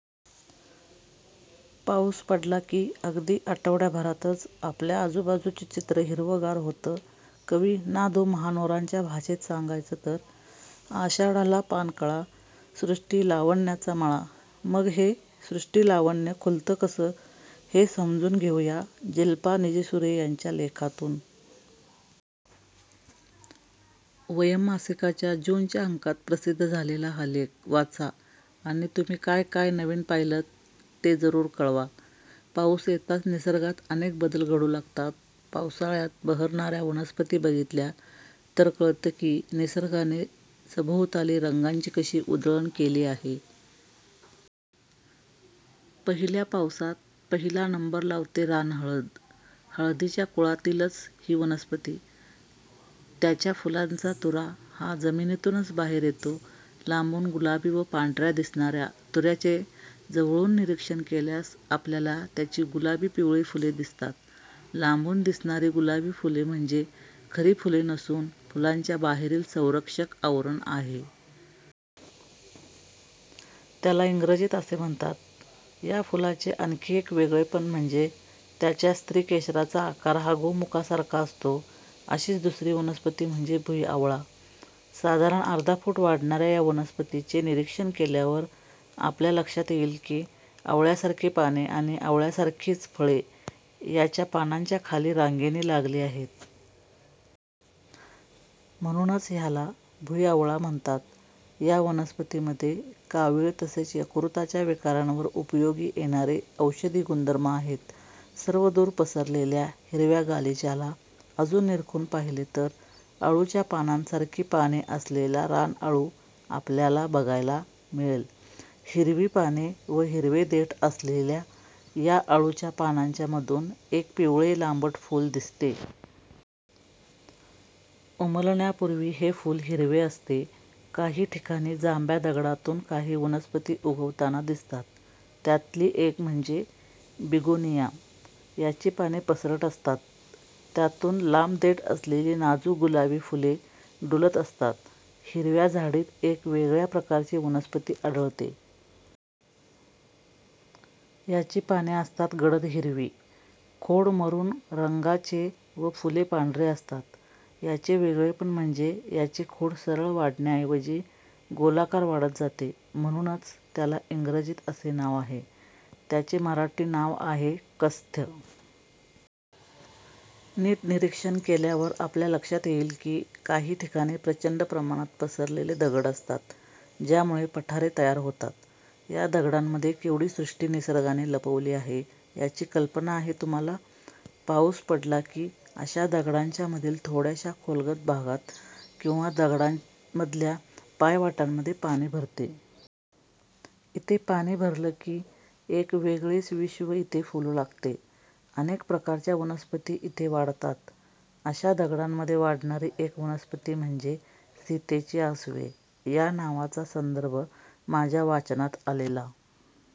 पाऊस पडला की अगदी आठवड्याभरातच आपल्या आजूबाजूचं चित्र हिरवंगार होतं. कवी ना. धों. महानोरांच्या भाषेत सांगायचं तर 'आषाढाला पाणकळा, सृष्टी लावण्याचा मळा! ' मग हे सृष्टी लावण्य खुलतं कसं? हे समजून घेऊया जिल्पा निजसुरे यांच्या लेखातून! ''वयम्'' मासिकाच्या जून च्या अंकात प्रसिद्ध झालेला हा लेख वाचा आणि तुम्ही काय काय नवीन पाहिलंत ते जरूर कळवा- पाऊस येताच निसर्गात अनेक बदल घडू लागतात. पावसाळ्यात बहरणाऱ्या वनस्पती बघितल्या तर कळतं की, निसर्गाने सभोवताली रंगांची कशी उधळण केली आहे. पहिल्या पावसात पहिला नंबर लावते रानहळद. हळदीच्या कुळातलीच ही वनस्पती. त्याच्या फुलांचा तुरा हा जमिनीतूनच बाहेर येतो. लांबून गुलाबी व पांढरा दिसणाऱ्या तुऱ्याचे जवळून निरीक्षण केल्यास आपल्याला त्याची गुलाबी-पिवळी फुले दिसतात. लांबून दिसणारी गुलाबी फुले म्हणजे खरी फुले नसून फुलांच्या बाहेरील संरक्षक आवरण आहे. त्याला इंग्रजीत असे म्हणतात. या फुलाचे आणखी एक वेगळेपण म्हणजे त्याच्या स्त्रीकेसराचा आकार हा गोमुखासारखा असतो. अशीच दुसरी वनस्पती म्हणजे भुईआवळा. साधारण अर्धा फूट वाढणाऱ्या या वनस्पतीचे निरीक्षण केल्यावर आपल्या लक्षात येईल की, आवळ्यासारखी पाने आणि आवळ्यासारखीच फळे याच्या पानांच्या खाली रांगेने लागली आहेत. म्हणूनच ह्याला भुईआवळा म्हणतात. या वनस्पतीमध्ये कावीळ तसेच यकृताच्या विकारांवर उपयोगी येणारे औषधी गुणधर्म आहेत. सर्वदूर पसरलेल्या हिरव्या गालिच्याला अजून निरखून पहिले तर अळूच्या पानांसारखी पाने असलेला रानअळू आपल्याला बघायला मिळेल. हिरवी पाने व हिरवे देठ असलेल्या या अळूच्या पानांच्यामधून एक पिवळे लांबट फूल दिसते. उमलण्यापूर्वी हे फूल हिरवे असते. काही ठिकाणी जांभ्या दगडातून काही वनस्पती उगवताना दिसतात. त्यातली एक म्हणजे बिगोनिया. याची पाने पसरट असतात. त्यातून लांब देठ असलेली नाजूक गुलाबी फुले डुलत असतात. हिरव्या झाडीत एक वेगळ्या प्रकारची वनस्पती आढळते. याची पाने असतात गडद हिरवी, खोड मरून रंगाचे व फुले पांढरी असतात. याचे वेगळेपण म्हणजे याचे खोड सरळ वाढण्याऐवजी गोलाकार वाढत जाते. म्हणूनच त्याला इंग्रजीत असे नाव आहे. त्याचे मराठी नाव आहे कस्थ. नीट निरीक्षण केल्यावर आपल्या लक्षात येईल की काही ठिकाणी प्रचंड प्रमाणात पसरलेले दगड असतात, ज्यामुळे पठारे तयार होतात. या दगडांमध्ये केवढी सृष्टी निसर्गाने लपवली आहे याची कल्पना आहे तुम्हांला? पाऊस पडला की अशा दगडांच्यामधील थोड्याशा खोलगट भागात किंवा दगडामधल्या पायवाटांमध्ये पाणी भरते. इथे पाणी भरलं की एक वेगळेच विश्व इथे फुलू लागते. अनेक प्रकारच्या वनस्पती इथे वाढतात. अशा दगडांमध्ये वाढणारी एक वनस्पती म्हणजे सीतेची आसवे'. या नावाचा संदर्भ माझ्या वाचनात आलेला